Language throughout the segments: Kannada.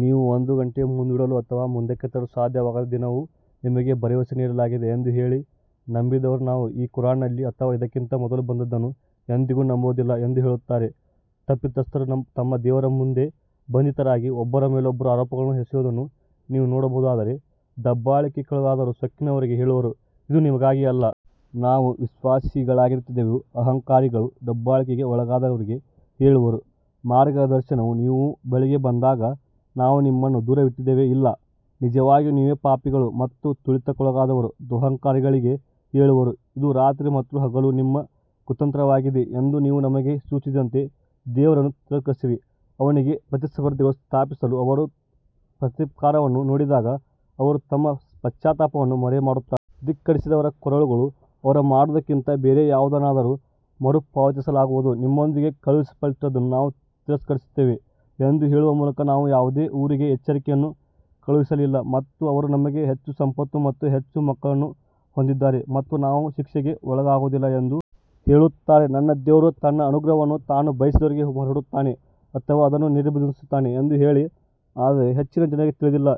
ನೀವು ಒಂದು ಗಂಟೆ ಮುಂದೂಡಲು ಅಥವಾ ಮುಂದಕ್ಕೆ ತರಲು ಸಾಧ್ಯವಾಗದ ದಿನವನ್ನು ನಿಮಗೆ ಭರವಸೆ ನೀಡಲಾಗಿದೆ ಎಂದು ಹೇಳಿ ನಂಬದಿರುವವರು ನಾವು ಈ ಕುರಾನ್ನಲ್ಲಿ ಅಥವಾ ಇದಕ್ಕಿಂತ ಮೊದಲು ಬಂದದ್ದನ್ನು ಎಂದಿಗೂ ನಂಬುವುದಿಲ್ಲ ಎಂದು ಹೇಳುತ್ತಾರೆ, ತಪ್ಪಿತಸ್ಥರು ತಮ್ಮ ದೇವರ ಮುಂದೆ ಬಂಧಿತರಾಗಿ ಒಬ್ಬರ ಮೇಲೊಬ್ಬರು ಆರೋಪಗಳನ್ನು ಎಸೆಯುವುದನ್ನು ನೀವು ನೋಡಬಹುದಾದರೆ, ದಬ್ಬಾಳಿಕೆಗೊಳಗಾದವರು ಸೊಕ್ಕಿನವರಿಗೆ ಹೇಳುವರು ಇದು ನಿಮಗಾಗಿ ಅಲ್ಲ. ನಾವು ವಿಶ್ವಾಸಿಗಳಾಗಿರುತ್ತಿದ್ದೆವು ಅಹಂಕಾರಿಗಳು ದಬ್ಬಾಳಿಕೆಗೆ ಒಳಗಾದವರಿಗೆ ಹೇಳುವರು, ಮಾರ್ಗದರ್ಶನವು ನಿಮ್ಮ ಬಳಿಗೆ ಬಂದಾಗ ನಾವು ನಿಮ್ಮನ್ನು ದೂರವಿಟ್ಟಿದ್ದೇವೆಯೇ ಇಲ್ಲ ನಿಜವಾಗಿಯೂ ನೀವೇ ಪಾಪಿಗಳು ಮತ್ತು ತುಳಿತಕ್ಕೊಳಗಾದವರು ದುರಹಂಕಾರಿಗಳಿಗೆ ಹೇಳುವರು, ಇದು ರಾತ್ರಿ ಮತ್ತು ಹಗಲು ನಿಮ್ಮ ಕುತಂತ್ರವಾಗಿದೆ ಎಂದು ನೀವು ನಮಗೆ ಸೂಚಿಸಿದಂತೆ ದೇವರನ್ನು ತಿರಸ್ಕರಿಸಿ ಅವನಿಗೆ ಪ್ರತಿಸ್ಪರ್ಧಿಗಳನ್ನು ಸ್ಥಾಪಿಸಲು ಅವರು ಪ್ರತೀಕಾರವನ್ನು ನೋಡಿದಾಗ ಅವರು ತಮ್ಮ ಪಶ್ಚಾತ್ತಾಪವನ್ನು ಮರೆಮಾಡುತ್ತಾರೆ. ಧಿಕ್ಕರಿಸಿದವರ ಕೊರಳುಗಳು ಅವರು ಮಾಡುತ್ತಿದ್ದುದಕ್ಕಿಂತ ಬೇರೆ ಯಾವುದನ್ನಾದರೂ ಮರುಪಾವತಿಸಲಾಗುವುದು ನಿಮ್ಮೊಂದಿಗೆ ಕಳುಹಿಸಲ್ಪಟ್ಟಿದ್ದನ್ನು ನಾವು ತಿರಸ್ಕರಿಸುತ್ತೇವೆ ಎಂದು ಹೇಳುವ ಮೂಲಕ ನಾವು ಯಾವುದೇ ಊರಿಗೆ ಎಚ್ಚರಿಕೆಯನ್ನು ಕಳುಹಿಸಲಿಲ್ಲ ಮತ್ತು ಅವರು ನಮಗೆ ಹೆಚ್ಚು ಸಂಪತ್ತು ಮತ್ತು ಹೆಚ್ಚು ಮಕ್ಕಳನ್ನು ಹೊಂದಿದ್ದಾರೆ ಮತ್ತು ನಾವು ಶಿಕ್ಷೆಗೆ ಒಳಗಾಗುವುದಿಲ್ಲ ಎಂದು ಹೇಳುತ್ತಾರೆ ನನ್ನ ದೇವರು ತನ್ನ ಅನುಗ್ರಹವನ್ನು ತಾನು ಬಯಸಿದವರಿಗೆ ಹರಡುತ್ತಾನೆ ಅಥವಾ ಅದನ್ನು ನಿರ್ಬಂಧಿಸುತ್ತಾನೆ ಎಂದು ಹೇಳಿ ಆದರೆ ಹೆಚ್ಚಿನ ಜನರಿಗೆ ತಿಳಿದಿಲ್ಲ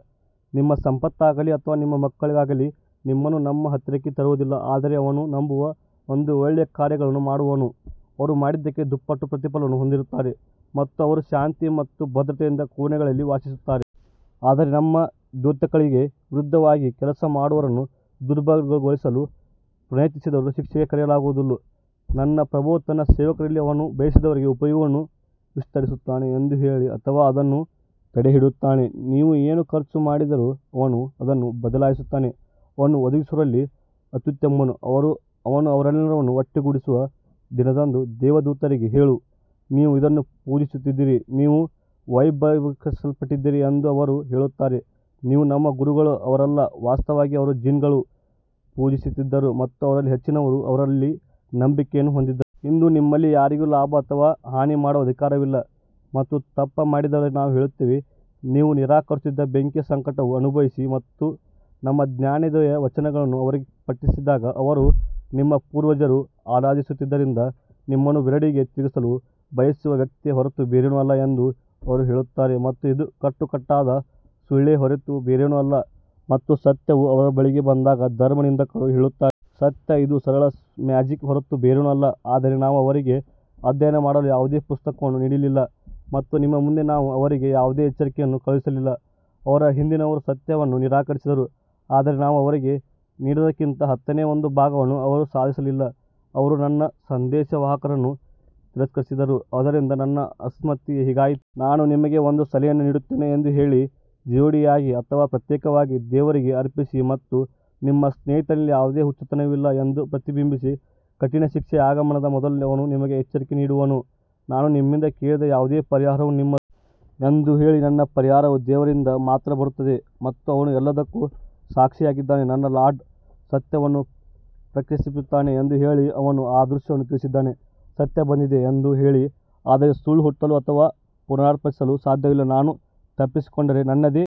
ನಿಮ್ಮ ಸಂಪತ್ತಾಗಲಿ ಅಥವಾ ನಿಮ್ಮ ಮಕ್ಕಳಾಗಲಿ ನಿಮ್ಮನ್ನು ನಮ್ಮ ಹತ್ತಿರಕ್ಕೆ ತರುವುದಿಲ್ಲ ಆದರೆ ಅವನು ನಂಬುವ ಮತ್ತು ಒಳ್ಳೆಯ ಕಾರ್ಯಗಳನ್ನು ಮಾಡುವವನು ಅವರು ಮಾಡಿದ್ದಕ್ಕೆ ದುಪ್ಪಟ್ಟು ಪ್ರತಿಫಲವನ್ನು ಹೊಂದಿರುತ್ತಾರೆ ಮತ್ತು ಅವರು ಶಾಂತಿ ಮತ್ತು ಭದ್ರತೆಯಿಂದ ಕೋಣೆಗಳಲ್ಲಿ ವಾಸಿಸುತ್ತಾರೆ. ಆದರೆ ನಮ್ಮ ದ್ಯೋತಕಗಳಿಗೆ ವಿರುದ್ಧವಾಗಿ ಕೆಲಸ ಮಾಡುವವರನ್ನು ದುರ್ಬಲಗೊಳಿಸಲು ಪ್ರಯತ್ನಿಸುವವರನ್ನು ಶಿಕ್ಷೆಗೆ ಕರೆಯಲಾಗುವುದು ನನ್ನ ಪ್ರಭುವು ತನ್ನ ಸೇವಕರಲ್ಲಿ ಅವನು ಬಯಸಿದವರಿಗೆ ಉಪಭೋಗವನ್ನು ವಿಸ್ತರಿಸುತ್ತಾನೆ ಎಂದು ಹೇಳಿ ಅಥವಾ ಅದನ್ನು ತಡೆಹಿಡಿಯುತ್ತಾನೆ ನೀವು ಏನು ಖರ್ಚು ಮಾಡಿದರೂ ಅವನು ಅದನ್ನು ಬದಲಾಯಿಸುತ್ತಾನೆ ಅವನು ಒದಗಿಸುವವರಲ್ಲಿ ಅತ್ಯುತ್ತಮನು ಅವನು ಅವರೆಲ್ಲರನ್ನೂ ಒಟ್ಟುಗೂಡಿಸುವ ದಿನದಂದು ದೇವದೂತರಿಗೆ ಹೇಳು, ನೀವು ಇದನ್ನು ಪೂಜಿಸುತ್ತಿದ್ದರು ನೀವು ವೈಭವೀಕರಿಸಲ್ಪಟ್ಟಿದ್ದೀರಿ ಎಂದು ಅವರು ಹೇಳುತ್ತಾರೆ, ನೀವು ನಮ್ಮ ಗುರುಗಳು ಅವರಲ್ಲ, ವಾಸ್ತವವಾಗಿ ಅವರು ಜಿನ್ಗಳನ್ನು ಪೂಜಿಸುತ್ತಿದ್ದರು ಮತ್ತು ಅವರಲ್ಲಿ ಹೆಚ್ಚಿನವರು ಅವರಲ್ಲಿ ನಂಬಿಕೆಯನ್ನು ಹೊಂದಿದ್ದರು. ಇಂದು ನಿಮ್ಮಲ್ಲಿ ಯಾರಿಗೂ ಲಾಭ ಅಥವಾ ಹಾನಿ ಮಾಡುವ ಅಧಿಕಾರವಿಲ್ಲ ಮತ್ತು ತಪ್ಪು ಮಾಡಿದವರಿಗೆ ನಾವು ಹೇಳುತ್ತೇವೆ, ನೀವು ನಿರಾಕರಿಸುತ್ತಿದ್ದ ಬೆಂಕಿಯ ಸಂಕಟವನ್ನು ಅನುಭವಿಸಿ ಮತ್ತು ನಮ್ಮ ಜ್ಞಾನೋದಯ ವಚನಗಳನ್ನು ಅವರಿಗೆ ಪಠಿಸಿದಾಗ ಅವರು ನಿಮ್ಮ ಪೂರ್ವಜರು ಆರಾಧಿಸುತ್ತಿದ್ದರಿಂದ ನಿಮ್ಮನ್ನು ಬೇರೆಡೆಗೆ ತಿರುಗಿಸಲು ಬಯಸುವ ವ್ಯಕ್ತಿಯೇ ಹೊರತು ಬೇರೇನೂ ಅಲ್ಲ ಎಂದು ಅವರು ಹೇಳುತ್ತಾರೆ ಮತ್ತು ಇದು ಕಟ್ಟುಕಟ್ಟಾದ ಸುಳ್ಳೇ ಹೊರತು ಬೇರೇನೂ ಅಲ್ಲ ಮತ್ತು ಸತ್ಯವು ಅವರ ಬಳಿಗೆ ಬಂದಾಗ ಧರ್ಮನಿಂದಕರು ಹೇಳುತ್ತಾರೆ. ಸತ್ಯ ಇದು ಸರಳ ಮ್ಯಾಜಿಕ್ ಹೊರತು ಬೇರೇನೂ ಅಲ್ಲ ಆದರೆ ನಾವು ಅವರಿಗೆ ಅಧ್ಯಯನ ಮಾಡಲು ಯಾವುದೇ ಪುಸ್ತಕವನ್ನು ನೀಡಲಿಲ್ಲ ಮತ್ತು ನಿಮ್ಮ ಮುಂದೆ ನಾವು ಅವರಿಗೆ ಯಾವುದೇ ಎಚ್ಚರಿಕೆಯನ್ನು ಕಳುಹಿಸಲಿಲ್ಲ ಅವರ ಹಿಂದಿನವರೂ ಸತ್ಯವನ್ನು ನಿರಾಕರಿಸಿದರು, ಆದರೆ ನಾವು ಅವರಿಗೆ ನೀಡಿದ್ದಕ್ಕಿಂತ ಹತ್ತನೇ ಒಂದು ಭಾಗವನ್ನು ಅವರು ಸಾಧಿಸಲಿಲ್ಲ, ಅವರು ನನ್ನ ಸಂದೇಶವಾಹಕರನ್ನು ತಿರಸ್ಕರಿಸಿದರು, ಆದ್ದರಿಂದ ನನ್ನ ಅಸಮ್ಮತಿ ಹೇಗಾಯಿತು? ನಾನು ನಿಮಗೆ ಒಂದೇ ಸಲಹೆಯನ್ನು ನೀಡುತ್ತೇನೆ ಎಂದು ಹೇಳಿ, ಜೋಡಿಯಾಗಿ ಅಥವಾ ಪ್ರತ್ಯೇಕವಾಗಿ ದೇವರಿಗೆ ಅರ್ಪಿಸಿ ಮತ್ತು ನಿಮ್ಮ ಸ್ನೇಹಿತನಲ್ಲಿ ಯಾವುದೇ ಹುಚ್ಚುತನವಿಲ್ಲ ಎಂದು ಪ್ರತಿಬಿಂಬಿಸಿ ಕಠಿಣ ಶಿಕ್ಷೆಯ ಆಗಮನದ ಮೊದಲು ಅವನು ನಿಮಗೆ ಎಚ್ಚರಿಕೆ ನೀಡುವವನು ನಾನು ನಿಮ್ಮಿಂದ ಕೇಳಿದ ಯಾವುದೇ ಪರಿಹಾರವು ನಿಮ್ಮದು ಎಂದು ಹೇಳಿ ನನ್ನ ಪರಿಹಾರವು ದೇವರಿಂದ ಮಾತ್ರ ಬರುತ್ತದೆ ಮತ್ತು ಅವನು ಎಲ್ಲದಕ್ಕೂ ಸಾಕ್ಷಿಯಾಗಿದ್ದಾನೆ ನನ್ನ ಲಾರ್ಡ್ ಸತ್ಯವನ್ನು ಪ್ರಕ್ಷೇಪಿಸುತ್ತಾನೆ ಎಂದು ಹೇಳಿ, ಅವನು ಅದೃಶ್ಯವನ್ನು ತಿಳಿದಿದ್ದಾನೆ ಸತ್ಯ ಬಂದಿದೆ ಎಂದು ಹೇಳಿ, ಆದರೆ ಸುಳ್ಳು ಹುಟ್ಟಲು ಅಥವಾ ಪುನರುತ್ಪಾದಿಸಲು ಸಾಧ್ಯವಿಲ್ಲ ನಾನು ತಪ್ಪಿಸಿಕೊಂಡರೆ ನನ್ನದೇ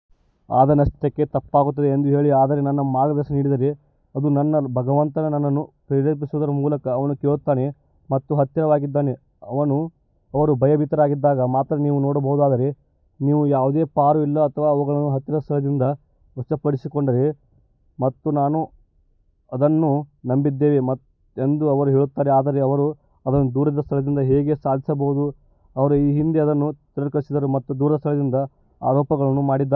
ಆದ ನಷ್ಟಕ್ಕೆ ತಪ್ಪಾಗುತ್ತದೆ ಎಂದು ಹೇಳಿ ಆದರೆ ನಾನು ಮಾರ್ಗದರ್ಶನ ನೀಡಿದರೆ ಅದು ನನ್ನ ಭಗವಂತ ನನ್ನನ್ನು ಪ್ರೇರೇಪಿಸುವುದರ ಮೂಲಕ ಅವನು ಕೇಳುತ್ತಾನೆ ಮತ್ತು ಹತ್ತಿರವಾಗಿದ್ದಾನೆ ಅವರು ಭಯಭೀತರಾದಾಗ ಮಾತ್ರ ನೀವು ನೋಡಬಹುದಾದರೆ ಮತ್ತು ಯಾವುದೇ ಪಾರು ಇಲ್ಲ ಮತ್ತು ಅವುಗಳನ್ನು ಹತ್ತಿರದ ಸ್ಥಳದಿಂದ ವಶಪಡಿಸಿಕೊಂಡರೆ ಮತ್ತು ನಾವು ಅದನ್ನು ನಂಬಿದ್ದೇವೆ ಎಂದು ಅವರು ಹೇಳುತ್ತಾರೆ ಆದರೆ ಅವರು ಅದನ್ನು ದೂರದ ಸ್ಥಳದಿಂದ ಹೇಗೆ ಸಾಧಿಸಬಹುದು ಅವರು ಈ ಹಿಂದೆ ಅದನ್ನು ತಿರಸ್ಕರಿಸಿದರು ಮತ್ತು ದೂರದ ಸ್ಥಳದಿಂದ ಆರೋಪಗಳನ್ನು ಮಾಡಿದ್ದಾರೆ.